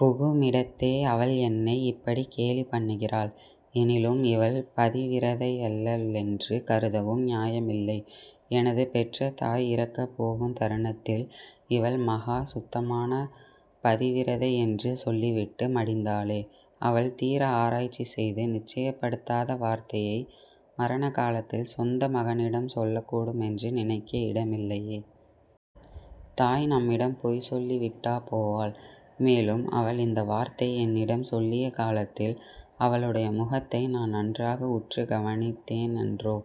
புகுமிடத்தே, அவள் என்னை இப்படிக் கேலி பண்ணுகிறாள். எனிலும் இவள் பதிவிரதையல்லளென்று கருதவும் நியாயமில்லை. எனது பெற்ற தாய் இறக்கப் போகுந் தருணத்தில் இவள் மகா சுத்தமான பதிவிரதையென்று சொல்லிவிட்டு மடிந்தாளே. அவள் தீர ஆராய்ச்சி செய்து நிச்சயப்படுத்தாத வார்த்தையை மரண காலத்தில் சொந்த மகனிடம் சொல்லக் கூடுமென்று நினைக்க இடமில்லையே. தாய் நம்மிடம் பொய் சொல்லிவிட்டா போவாள்? மேலும், அவள் இந்த வார்த்தை என்னிடம் சொல்லிய காலத்தில், அவளுடைய முகத்தை நான் நன்றாக உற்று கவனித்தேனன்றோ?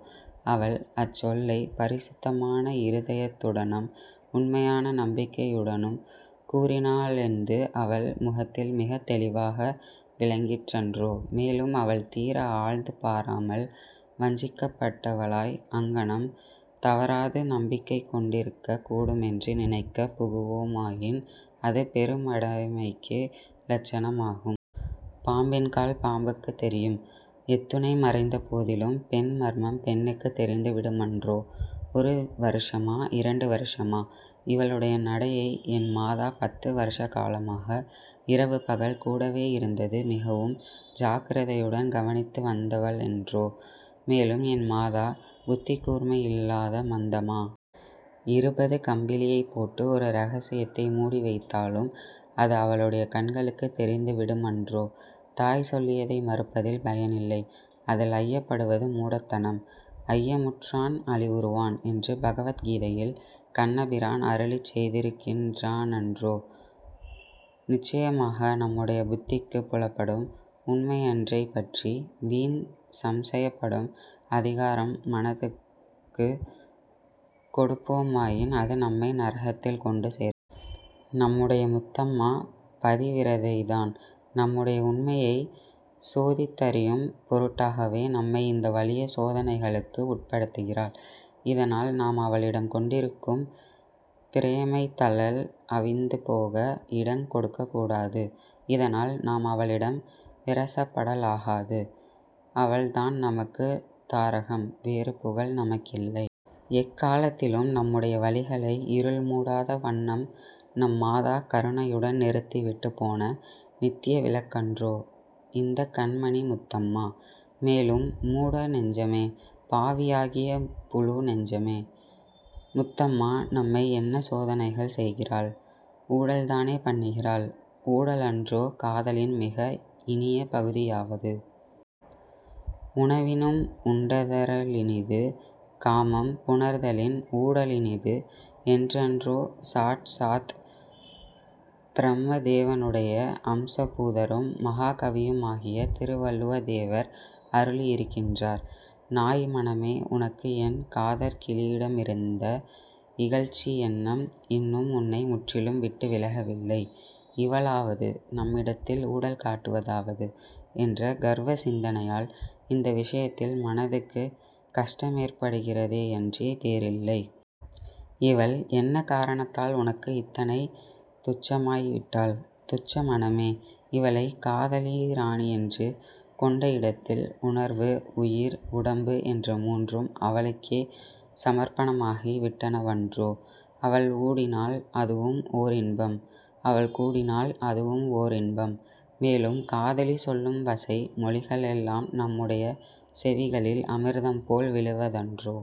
அவள் அச்சொல்லைப் பரிசுத்தமான இருதயத்துடனம் உண்மையான நம்பிக்கையுடனும் கூறினாளென்து அவள் முகத்தில் மிகத் தெளிவாக விளங்கிற்றன்றோ? மேலும், அவள் தீர ஆழ்ந்து பாராமல் வஞ்சிக்கப்பட்டவளாய் அங்ஙனம் தவறாது நம்பிக்கை கொண்டிருக்கக் கூடுமென்று நினைக்கப் புகுவோமாயின், அது பெரு மடைமைக்கு லட்சணமாகும். பாம்பின் கால் பாம்புக்குத் தெரியும். எத்துணை மறைந்த போதிலும் பெண் மர்மம் பெண்ணுக்குத் தெரிந்து விடுமன்றோ? ஒரு வருஷமா, இரண்டு வருஷமா? இவளுடைய நடையை என் மாதா பத்து வருஷகாலமாக, இரவு பகல் கூடவேயிருந்தது மிகவும் ஜாக்கிரதையுடன் கவனித்து வந்தவளன்றோ? மேலும் என் மாதா புத்திக்கூர்மையில்லாத மந்தமா? இருபது கம்பிளியை போட்டு ஒரு ரகசியத்தை மூடி வைத்தாலும், அது அவளுடைய கண்களுக்குத் தெரிந்து விடுமன்றோ? தாய் சொல்லியதை மறுப்பதில் பயனில்லை. அதில் ஐயப்படுவது மூடத்தனம். 'ஐயமுற்றான் அழிவுறுவான்' என்று பகவத் கீதையில் கண்ணபிரான் அருளிச் செய்திருக்கிறானன்றோ? நிச்சயமாக நம்முடைய புத்திக்குப் புலப்படும் உண்மையன்றைப் பற்றி வீண் சம்சயப் படும் அதிகாரம் மனத்துக்குக் கொடுப்போமாயின், அது நம்மை நரகத்தில் கொண்டு சேர்க்கும். நம்முடைய முத்தம்மா பதிவிரதைதான். நம்முடைய உண்மையைச் சோதி த்-தறியும் பொருட்டாகவே, நம்மை இந்த வலிய சோதனைகளுக்கு உட்படுத்துகிறாள். இதனால் நாம் அவளிடம் கொண்டிருக்கும் பிரேமைத் தழல் அவிந்து போக இடங் கொடுக்கக்கூடாது. இதனால் நாம் அவளிடம் விரசப்படலாகாது. அவள் தான் நமக்குத் தாரகம். வேறு புகல் நமக்கில்லை. எக்கலாத்திலும் நம்முடைய வழிகளை இருள் மூடாத வண்ணம் நம் மாதா கருணையுடன் நிறுத்தி விட்டுப்போன நித்ய விளக்கன்றோ இந்தக் கண்மணி முத்தம்மா? மேலும், மூட நெஞ்சமே! பாவியாகிய புழு நெஞ்சமே! முத்தம்மா நம்மை என்ன சோதனைகள் செய்கிறாள்? ஊடல் தானே பண்ணுகிறாள்? ஊடலன்றோ காதலின் மிக இனிய பகுதியாவது? உணவினும் உண்டதறலினிது காமம் புணர்தலின் ஊட லினிது என்றன்றோ சாட்சாத் பிரமதேவனுடைய அம்சபூதரும் மகாகவியுமாகிய திருவள்ளுவ தேவர் அருளியிருக்கின்றார். நாய் மனமே! உனக்கு என் காதற் கிளியிடமிருந்த இகழ்ச்சியெண்ணம் இன்னும் உன்னை முற்றிலும் விட்டு விலகவில்லை. 'இவளாவது? நம்மிடத்தில் ஊடல் காட்டுவதாவது? ' என்ற கர்வ சிந்தனையால், இந்த விஷயத்தில் மனதுக்குக் கஷ்டமேற்படுகிறதேயன்றி வேறில்லை. இவள் என்ன காரணத்தால் உனக்கு இத்தனை துச்சமாய் விட்டாள்? துச்ச மனமே? இவளைக் காதலிராணியென்று கொண்ட இடத்தில், உணர்வு, உயிர், உடம்பு என்ற மூன்றும் அவளுக்கே சமர்ப்பணமாகி விட்டனவன்றோ? அவள் ஊடினால் அதுவும் ஓரின்பம். அவள் கூடினால் அதுவும் ஓரின்பம். மேலும், காதலி சொல்லும் வசை மொழிகளெல்லாம் நம்முடைய செவிகளில் அமிர்தம் போல் விழுவதன்றோ?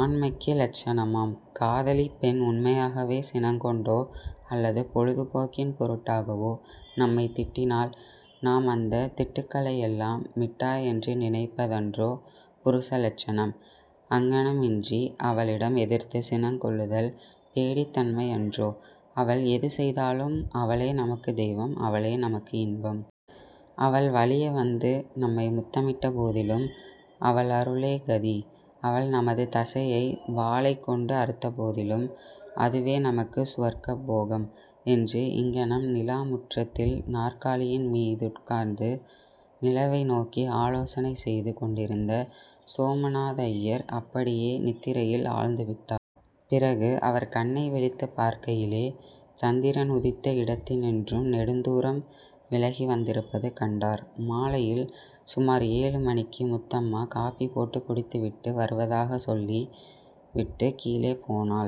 ஆண்மைக்கு லட்சணமாம்? காதலிப் பெண் உண்மையாகவே சினங் கொண்டோ அல்லது பொழுது போக்கின் பொருட்டாகவோ, நம்மைத் திட்டினால், நாம் அந்தத் திட்டுக்களையெல்லாம் மிட்டாயென்று நினைப்பதன்றோ புருஷலட்சணம்? அங்ஙனமின்றி அவளிடம் எதிர்த்துச் சினங் கொள்ளுதல் பேடித்தன்மையன்றோ? அவள் எது செய்தாலும் அவளே நமக்குத் தெய்வம், அவளே நமக்கு இன்பம். அவள் வலிய வந்து நம்மை முத்தமிட்டபோதிலும், அவளருளே கதி. அவள் நமது தசையை வாளைக் கொண்டு அறுத்தபோதிலும், அதுவே நமக்கு சுவர்க்க போகம். '' என்று இங்ஙனம் நிலாமுற்றத்தில் நாற்காலியின் மீதுட்கார்ந்து நிலவை நோக்கி ஆலோசனை செய்து கொண்டிருந்த சோமநாதய்யர் அப்படியே நித்திரையில் ஆழ்ந்து விட்டார். பிறகு அவர் கண்ணை விழித்துப் பார்க்கையிலே, சந்திரன் உதித்த இடத்தினின்றும் நெடுந்தூரம் விலகிவந்திருப்பது கண்டார். மாலையில் சுமார் ஏழுமணிக்கு முத்தம்மா காபி போட்டுக் குடித்துவிட்டு வருவதாகச் சொல்லி விட்டுக் கீழே போனாள்.